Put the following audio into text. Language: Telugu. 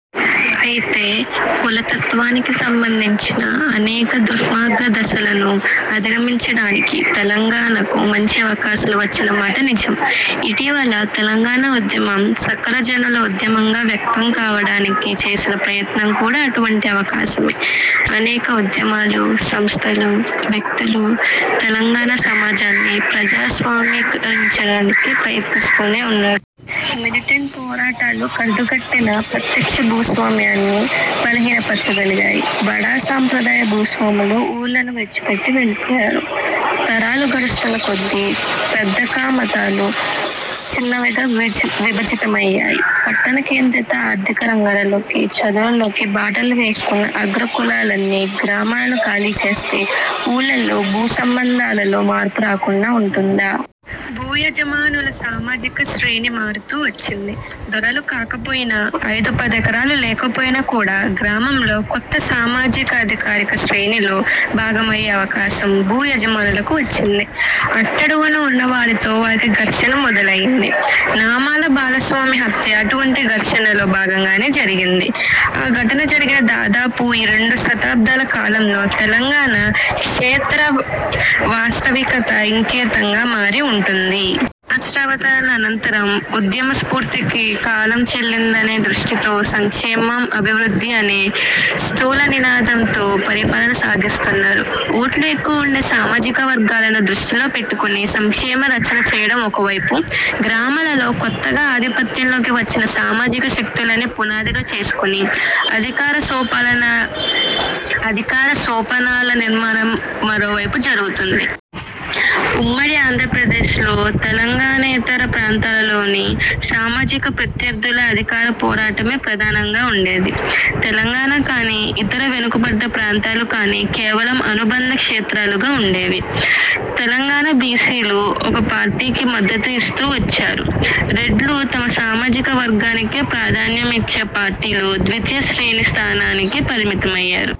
అయితే, కులతత్వానికి సంబంధించిన అనేక దుర్మార్గ దశలను అధిగమించడానికి తెలంగాణకు మంచి అవకాశాలు వచ్చిన మాట నిజం. ఇటీవలి తెలంగాణ ఉద్యమం సకలజనుల ఉద్యమంగా వ్యక్తం కావడానికి చేసిన ప్రయత్నం కూడా అటువంటి అవకాశమే. అనేక ఉద్యమాలు, సంస్థలు, వ్యక్తులు తెలంగాణ సమాజాన్ని ప్రజాస్వామ్యీకరించడానికి ప్రయత్నిస్తూనే ఉన్నారు. మిలిటెంట్ పోరాటాలు కరుడుగట్టిన ప్రత్యక్ష భూస్వామ్యాన్ని బలహీనపరచగలిగాయి. బడా సాంప్రదాయ భూస్వాములు ఊర్లను విడిచిపెట్టి వెళ్లిపోయారు. తరాలు గడుస్తున్న కొద్దీ పెద్దకమతాలు చిన్నవిగా విభజితమయ్యాయి. పట్టణ కేంద్రిత ఆర్థికరంగాలలోకి, చదువులలోకి బాటలు వేసుకున్న అగ్రకులాలన్నీ గ్రామాలను ఖాళీ చేస్తే, ఊళ్లల్లో భూసంబంధాలలో మార్పు రాకుండా ఉంటుందా? భూయజమానుల సామాజిక శ్రేణి మారుతూ వచ్చింది. దొరలు కాకపోయినా, ఐదుపదెకరాలు లేకపోయినా కూడా గ్రామంలో కొత్త సామాజికాధికార శ్రేణిలో భాగమయ్యే అవకాశం భూయజమానులకు వచ్చింది. అట్టడుగున ఉన్నవారితో వారికి ఘర్షణ మొదలైంది. నామాల బాలస్వామి హత్య అటువంటి ఘర్షణలో భాగంగానే జరిగింది. ఆ ఘటన జరిగిన దాదాపు ఈ రెండు శతాబ్దాల కాలంలో తెలంగాణ క్షేత్రవాస్తవికత ఇంకెతముగా మారి ఉంటుంది? రాష్ట్రావతరణ అనంతరం ఉద్యమస్ఫూర్తికి కాలం చెల్లిందనే దృష్టితో, సంక్షేమం అభివృద్ధి అనే స్థూలనినాదంతో పరిపాలన సాగిస్తున్నారు. ఓట్లు ఎక్కువ ఉండే సామా జిక వర్గాలను దృష్టిలో పెట్టుకుని సంక్షేమ రచన చేయడం ఒక వైపు, గ్రామా లలో కొత్తగా ఆధిపత్యంలోకి వచ్చిన సామాజిక శక్తులనే పునాదిగా చేసుకుని అధికారసోపనాల అధికారసోపానాల నిర్మాణం మరోవైపు జరుగుతోంది. ఉమ్మడి ఆంధ్రప్రదేశ్లో తెలంగాణేతర ప్రాంతాలలోని సామాజిక ప్రత్యర్థుల అధికారపోరాటమే ప్రధానంగా ఉండేది. తెలంగాణ కానీ, ఇతర 'వెనుకబడ్డ' ప్రాంతాలు కానీ కేవలం అనుబంధ క్షేత్రాలుగా ఉండేవి. తెలంగాణ బిసిలు ఒక పార్టీకి మద్దతు ఇస్తూ వచ్చారు. రెడ్లు తమ సామాజిక వర్గానికే ప్రాధాన్యం ఇచ్చే పార్టీలో ద్వితీయశ్రేణి స్థానానికి పరిమితమయ్యారు.